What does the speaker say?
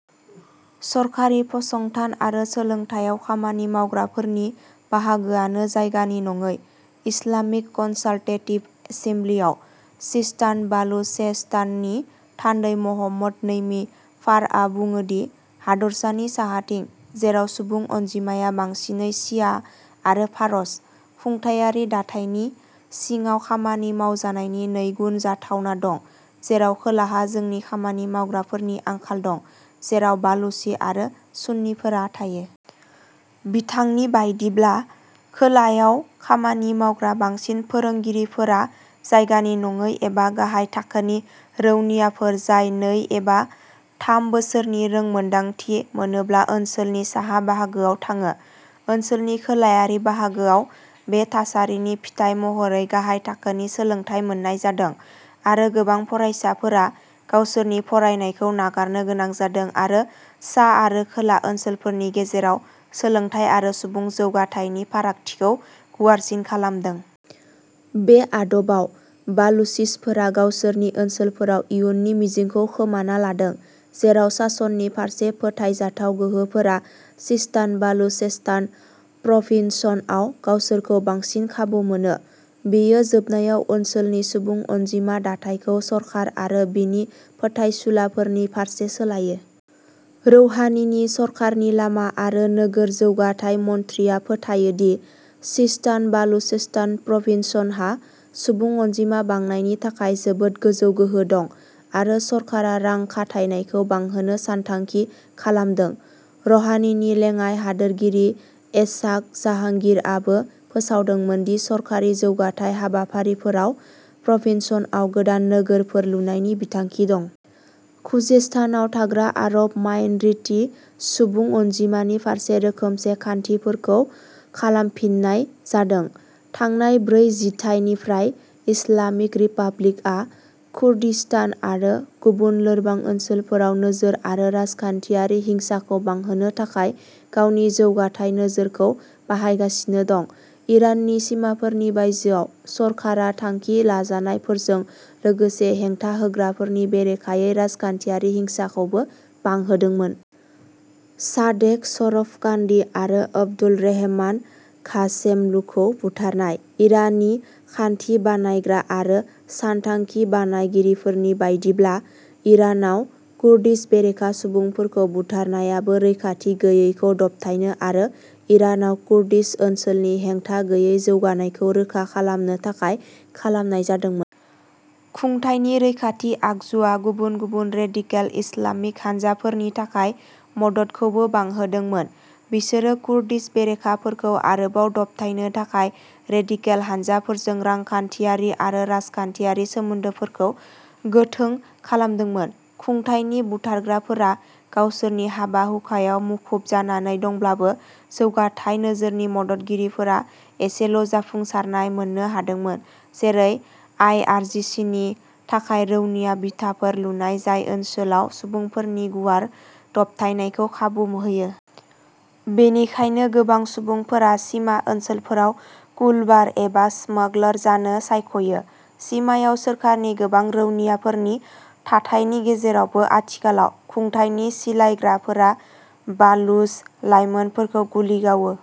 सरखारि फसंथान आरो सोलोंथाइयाव खामानि मावग्राफोरनि बाहागोआनो जायगानि नङै। इस्लामिक कनसालटेटिभ एसेमब्लिआव सिस्तान बालुचेस्ताननि थान्दै महम्मद नैमि फारआ बुङोदि, हादरसानि साहाथिं, जेराव सुबुं अनजिमाया बांसिनै शिया आरो फारस, खुंथायारि दाथायनि सिङाव खामानि मावजानायनि नैगुन जाथावना दं, जेराव खोलाहा जोंनि खामानि मावग्राफोरनि आंखाल दं, जेराव बालुचि आरो सुन्निफोरा थायो। बिथांनि बायदिब्ला, खोलायाव खामानि मावग्रा बांसिन फोरोंगिरिफोरा जायगानि नङै एबा गाहाय थाखोनि रौनियाफोर जाय नै एबा थाम बोसोरनि रोंमोन्दांथि मोनोब्ला ओनसोलनि साहा बाहागोआव थाङो। ओनसोलनि खोलायारि बाहागोआव बे थासारिनि फिथाइ महरै गाहाय थाखोनि सोलोंथाय मोननाय जादों, आरो गोबां फरायसाफोरा गावसोरनि फरायनायखौ नागारनो गोनां जादों आरो सा आरो खोला ओनसोलफोरनि गेजेराव सोलोंथाय आरो सुबुं जौगाथायनि फारागथिखौ गुवारसिन खालामदों। बे आदबाव, बालुचिसफोरा गावसोरनि ओनसोलफोराव इयुननि मिजिंखौ खोमाना लादों, जेराव सासननि फारसे फोथायजाथाव गोहोफोरा सिस्तान बालुचेस्तान प्रभिन्सनआव गावसोरखौ बांसिन खाबु मोनो। बेयो जोबनायाव ओनसोलनि सुबुं अनजिमा दाथायखौ सरखार आरो बिनि फोथायसुलाफोरनि फारसे सोलायो। रौहानीनि सरखारनि लामा आरो नोगोर जौगाथाय मन्थ्रिआ फोथायो दि सिस्तान बालुचेस्तान प्रभिन्सनहा सुबुं अनजिमा बांनायनि थाखाय जोबोद गोजौ गोहो दं, आरो सरखारा रां खाथायनायखौ बांहोनो सानथांखि खालामदों। रहानीनि लेङाइ हादोरगिरि एसाग जाहांगिरआबो फोसावदोंमोन दि सरखारि जौगाथाय हाबाफारिफोराव प्रभिन्सनआव गोदान नोगोरफोर लुनायनि बिथांखि दं। खुजेस्तानआव थाग्रा आरब माइनरिटि सुबुं अनजिमानि फारसे रोखोमसे खान्थिफोरखौ खालामफिननाय जादों। थांनाय ब्रै जिथाइनिफ्राय, इस्लामिक रिपाब्लिकआ कुर्दिस्तान आरो गुबुन लोरबां ओनसोलफोराव नोजोर आरो राजखान्थियारि हिंसाखौ बांहोनो थाखाय गावनि जौगाथाय नोजोरखौ बाहायगासिनो दं। इराननि सिमाफोरनि बायजोआव, सरखारा थांखि लाजानायफोरजों लोगोसे हेंथा होग्राफोरनि बेरेखायै राजखान्थियारि हिंसाखौबो बांहोदोंमोन। सादेक शराफकान्दि आरो आब्दुल रेहमान घासेमलुखौ बुथारनाय। इरानि खान्थि बानायग्रा आरो सानथांखि बानायगिरिफोरनि बायदिब्ला, इरानाव कुर्दिश बेरेखा सुबुंफोरखौ बुथारनायाबो रैखाथि गैयैखौ दबथायनो आरो इरानाव कुर्दिश ओनसोलनि हेंथागैयै जौगानायखौ रोखा खालामनो थाखाय खालामनाय जादोंमोन। खुंथायनि रैखाथि आगजुआ गुबुन गुबुन रेदिकेल इस्लामिक हानजाफोरनि थाखाय मददखौबो बांहोदोंमोन। बिसोरो कुर्दिश बेरेखाफोरखौ आरोबाव दबथायनो थाखाय रेदिकेल हानजाफोरजों रांखान्थियारि आरो राजखान्थियारि सोमोन्दोफोरखौ गोथों खालामदोंमोन। खुंथायनि बुथारग्राफोरा गावसोरनि हाबा हुखायाव मुखुब जानानै दंब्लाबो जौगाथाय नोजोरनि मददगिरिफोरा एसेल'जाफुंसारनाय मोननो हादोंमोन जेरै आइआरजिसिनि थाखाय रौनिया बिथाफोर लुनाय जाय ओनसोलाव सुबुंफोरनि गुवार दबथायनायखौ खाबु होयो। बेनिखायनो गोबां सुबुंफोरा सिमा ओनसोलफोराव कुलबार एबा स्मागलार जानो सायख'यो, सिमायाव सोरखारनि गोबां रौनियाफोरनि थाथायनि गेजेरावबो आथिखालाव, खुंथायनि सिलायग्राफोरा बालुच लाइमोनफोरखौ गुलि गावो।